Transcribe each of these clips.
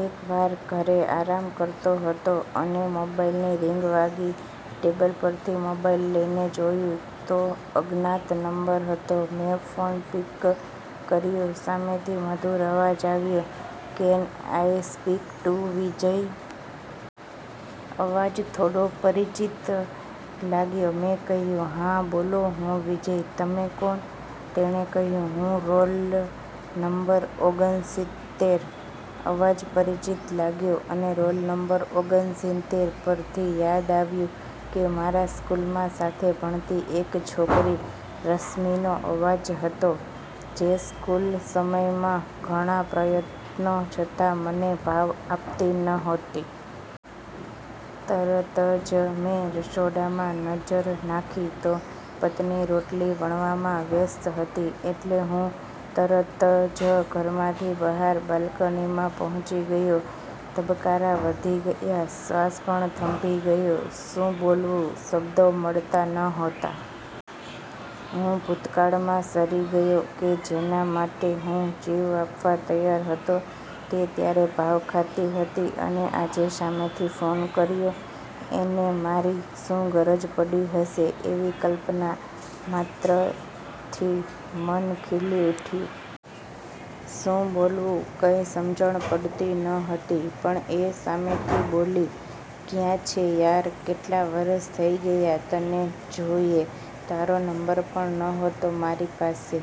એક વાર ઘરે આરામ કરતો હતો અને મોબાઈલ ની રિંગ વાગી ટેબલ પર થી મોબાઈલ લઈ ને જોયું તો અજ્ઞાત નંબર હતો મેં ફોન પિક કર્યો સામે થી મધુર અવાજ આવ્યો can I speak to Vijay? અવાજ થોડો પરિચિત લાગ્યો મેં કહ્યું હા બોલો હું વિજય તમે કોણ? તેણે કહ્યું હું રોલ નમ્બર ઓગન સિત્તેર. અવાજ પરિચિત લાગ્યો અને રોલ નમ્બર ઓગન સિત્તેર પર થી યાદ આવ્યું કે મારા સ્કૂલ માં સાથે ભણતી એક છોકરી રશ્મિનો અવાજ હતો, જે સ્કૂલ સમયમાં ઘણા પ્રયત્નો છતાં મને ભાવ આપતી નહોતી. તરત જ મેં રસોડામાં નજર નાખી તો પત્ની રોટલી વણવામાં વ્યસ્ત હતી, એટલે હું તરત જ ઘરમાંથી બહાર બાલ્કની માં પહોંચી ગયો, ધબકારા વધી ગયા, શ્વાસ પણ થંભી ગયો. શું બોલવું શબ્દો મળતા નહોતા. હું ભૂતકાળમાં સરી ગયો કે જેના માટે હું જીવ આપવા તૈયાર હતો તે ત્યારે ભાવ ખાતી હતી અને આજે સામેથી ફોન કર્યો એને મારી શું ગરજ પડી હશે એવી કલ્પના માત્ર થી મન ખીલી ઉઠ્યું. શું બોલવું કઇ સમજણ પડતી નહતી પણ એ સામેથી બોલી: ક્યાં છે યાર, કેટલા વરસ થઈ ગયા તને જોયે, તારો નમ્બર પણ નહતો મારી પાસે.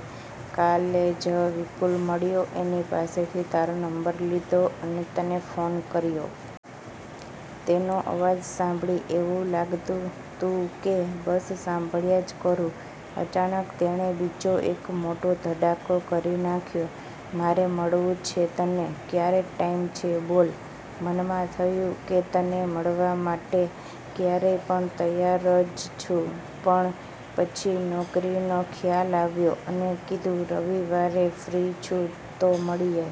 કાલે જ વિપુલ મળ્યો એની પાસેથી તારો નમ્બર લીધો અને તને ફોન કર્યો. તેનો અવાજ સાંભળી એવું લાગતું તું કે બસ સાંભળ્યા જ કરું. અચાનક તેણે બીજો એક મોટો ધડાકો કરી નાખ્યો, મારે મળવું છે તને ક્યારે ટાઈમ છે બોલ! મનમાં થયું કે તને મળવા માટે ક્યારેય પણ તૈયાર જ છુ, પણ પછી નોકરીનો ખ્યાલ આવ્યો અને કીધું રવિવારે ફ્રી છુ તો મળીએ.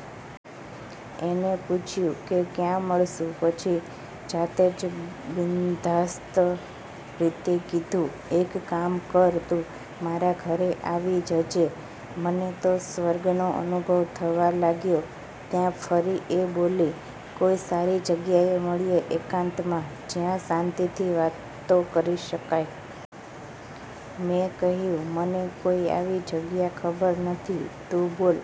એને પૂછ્યું કે કયા મળશું પછી જાતે જ બિન્ધાસ્ત રીતે કીધું એક કામ કર તું મારા ઘરે આવી જજે. મને તો સ્વર્ગનો અનુભવ થવા લાગ્યો ત્યાં ફરી એ બોલી કોઈ સારી જગ્યાએ મળીયે એકાંતમાં જ્યાં શાંતિથી વાતો કરી શકાય. મેં કહ્યું મને કોઈ આવી જગ્યા ખબર નથી તું બોલ.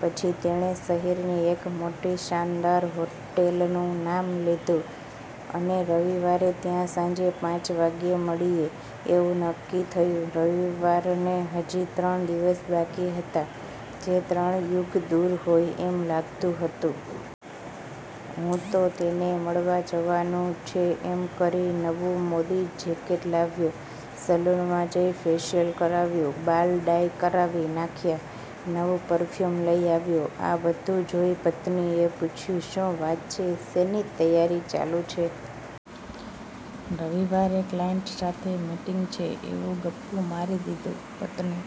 પછી તેણે શહેર ની એક મોટી શાનદાર હોટેલનું નામ લીધું અને રવિવારે ત્યાં સાંજે પાંચ વાગ્યે મળીએ એવું નક્કી થયું. રવિવારે ને હજી ત્રણ દિવસ બાકી હતા જે ત્રણ યુગ દૂર હોય એમ લાગતું હતું. હું તો તેને મળવા જવાનું છે એમ કરી નવું મોદી જેકેટ લાવ્યો, સલૂન માં જઈ ફેસિયલ કરાવ્યું, બાલ ડાઈ કારાવી નાખ્યા, નવું પરફ્યુમ લઈ આવ્યો આ બધું જોઈ પત્ની એ પૂછ્યું શું વાત છે શેની તૈયારી ચાલુ છે? રવિવારે કલાઇન્ટ સાથે મિટિંગ છે એવું ગપ્પુ મારી દીધું. પત્ની